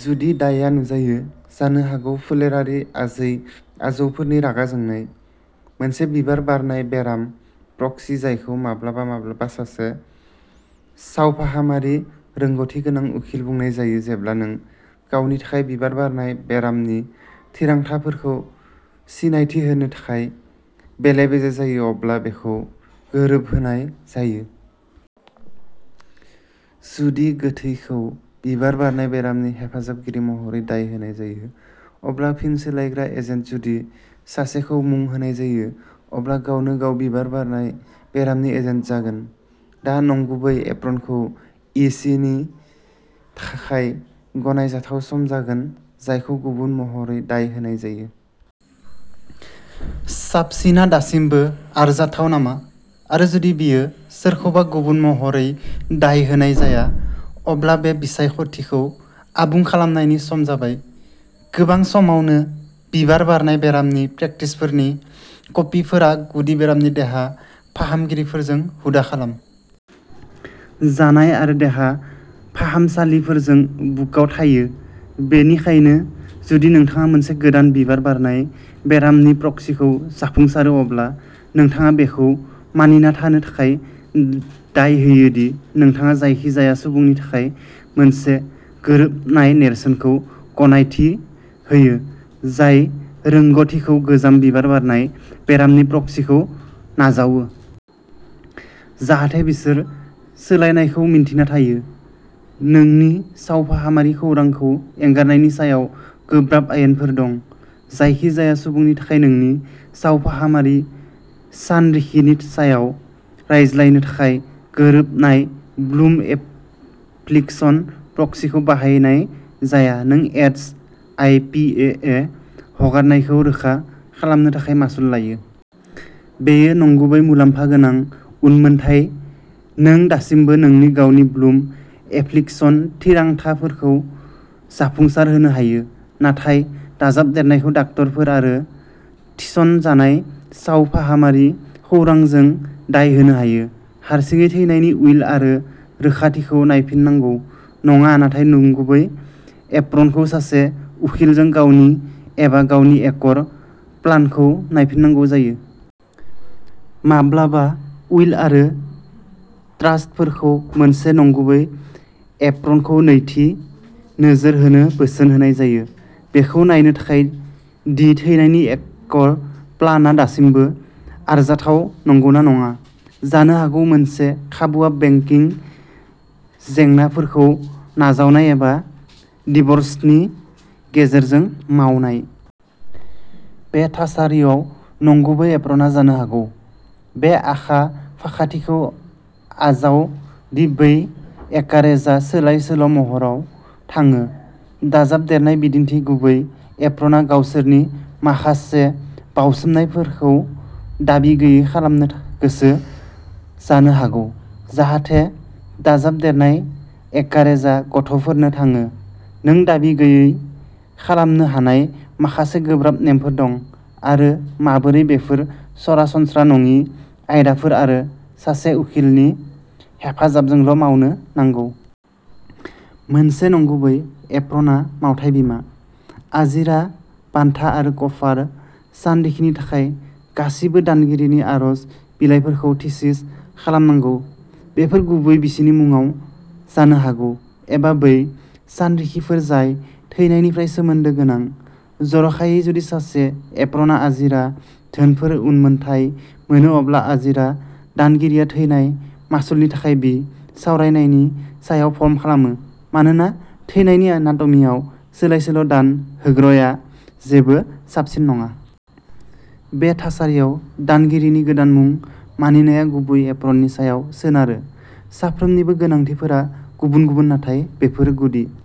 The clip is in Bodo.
जुदि दायआ नुजायो जानो हागौ फोलेरारि आजै-आजौफोरनि रागा जोंनाय। मोनसे बिबार बारनाय बेराम प्रक्सि जायखौ माब्लाबा माब्लाबा सासे सावफाहामारि रोंग'थि गोनां उखिल बुंनाय जायो जेब्ला नों गावनि थाखाय बिबार बारनाय बेरामनि थिरांथाफोरखौ सिनायथि होनो थाखाय बेले-बेजे जायो अब्ला बेखौ गोरोबहोनाय जायो। जुदि गोथैखौ बिबार बारनाय बेरामनि हेफाजाबगिरि महरै दाय होनाय जायो अब्ला फिन सोलायग्रा एजेन्ट जुदि सासेखौ मुं होनाय जायो अब्ला गावनो-गाव बिबार बारनाय बेरामनि एजेन्ट जागोन। दा नंगुबै एप्रनखौ यिसिनि थाखाय गनायजाथाव सम जागोन जायखौ गुबुन महरै दाय होनाय जायो। साबसिनआ दासिमबो आरजाथाव नामा? आरो जुदि बियो सोरखौबा गुबुन महरै दाय होनाय जाया, अब्ला बे बिसायख'थिखौ आबुं खालामनायनि सम जाबाय। गोबां समावनो बिबार बारनाय बेरामनि प्रक्सिफोरनि कपिफोरा गुदि बेरामनि देहा फाहामगिरिफोरजों हुदा खालाम जानाय आरो देहा फाहामसालिफोरजों बुकआव थायो बेनिखायनो जुदि नोंथाङा मोनसे गोदान बिबार बारनाय बेरामनि प्रक्सिखौ जाफुंसारो अब्ला नोंथाङा बेखौ मानिना थानो थाखाय दाय होयो दि नोंथाङा जायखिजाया सुबुंनि थाखाय मोनसे गोरोबनाय नेरसोनखौ गनायथि होयो जाय रोंग'थिखौ गोजाम बिबार बारनाय बेरामनि प्रक्सिखौ नाजावो। जाहाथे बिसोर सोलायनायखौ मिन्थिना थायो। नोंनि सावफाहामारि खौरांखौ एंगारनायनि सायाव गोब्राब आयेनफोर दं। जायखिजाया सुबुंनि थाखाय नोंनि सावफाहामारि सानरिखिनि सायाव रायज्लायनो थाखाय गोरोबनायाव ब्लुम एफ्लिक्शन प्रक्सिखौ बाहायनाय जाया नों ऐडस आइ पि ए ए हगारनायखौ रोखा खालामनो थाखाय मासुल लायो। बेयो नंगुबै मुलाम्फा गोनां उनमोनथाय नों दासिमबो नोंनि गावनि ब्लुम एफ्लिक्शन थिरांथाफोरखौ जाफुंसारहोनो हायो नाथाय दाजाबदेरनायखौ दाक्ट'रफोर आरो थिसनजानाय सावफाहामारि खौरांजों दाय होनो हायो। हारसिङै थैनायनि उइल आरो रोखाथिखौ नायफिननांगौ नङा नाथाय नंगुबै एप्रनखौ सासे उखिलजों गावनि एबा गावनि एकर प्लानखौ नायफिननांगौ जायो। माब्लाबा उइल आरो ट्रास्टफोरखौ मोनसे नंगुबै एप्रनखौ "नैथि नोजोर" होनो बोसोन होनाय जायो बेखौ नायनो थाखाय दि थैनायनि एकर प्लानआ दासिमबो आरजाथाव नंगौना नङा। जानो हागौ मोनसे खाबुआ बेंकिं जेंनाफोरखौ नाजावनाय एबा डिव'र्सनि गेजेरजों मावनाय। बे थासारियाव नंगुबै एप्रनआ जानो हागौ। बे आखा-फाखाथिखौ आजाव दि बै एकारेजआ सोलाय-सोल'महराव थाङो। दाजाबदेरनाय बिदिन्थि गुबै एप्रनआ गावसोरनि माखासे बावसोमनायफोरखौ दाबि गैयै खालामनो गोसो जानो हागौ जाहाथे दाजाबदेरनाय एकारेजआ गथ'फोरनो थाङो। नों दाबि गैयै खालामनो हानाय माखासे गोब्राब नेमफोर दं आरो माबोरै बेफोर सरासनस्रा नङि आयदाफोर आरो सासे उखिलनि हेफाजाबजोंल' मावनो नांगौ। मोनसे नंगुबै एप्रनआ मावथाय बीमा, आजिरा, बानथा आरो कफार सानरिखिनि थाखाय गासिबो दानगिरिनि आरज बिलाइफोरखौ थिसिस खालामनांगौ। बेफोर गुबै बिसिनि मुंआव जानो हागौ एबा बै सानरिखिफोर जाय थैनायनिफ्राय सोमोन्दो गोनां। जर'खायै जुदि सासे एप्रनआ आजिरा धोनफोर उनमोनथाय मोनो अब्ला आजिरा दानगिरिया थैनाय मासुलनि थाखाय बि सावरायनायनि थाखाय फर्म खालामो मानोना थैनायनि एनाट'मीयाव सोलाय-सोल' दान होग्रया जेबो साबसिन नङा। बे थासारियाव दानगिरिनि गोदान मुं मानिनाया गुबै एप्रननि सायाव सोनारो। साफ्रोमनिबो गोनांथिफोरा गुबुन-गुबुन नाथाय बेफोरो गुदि।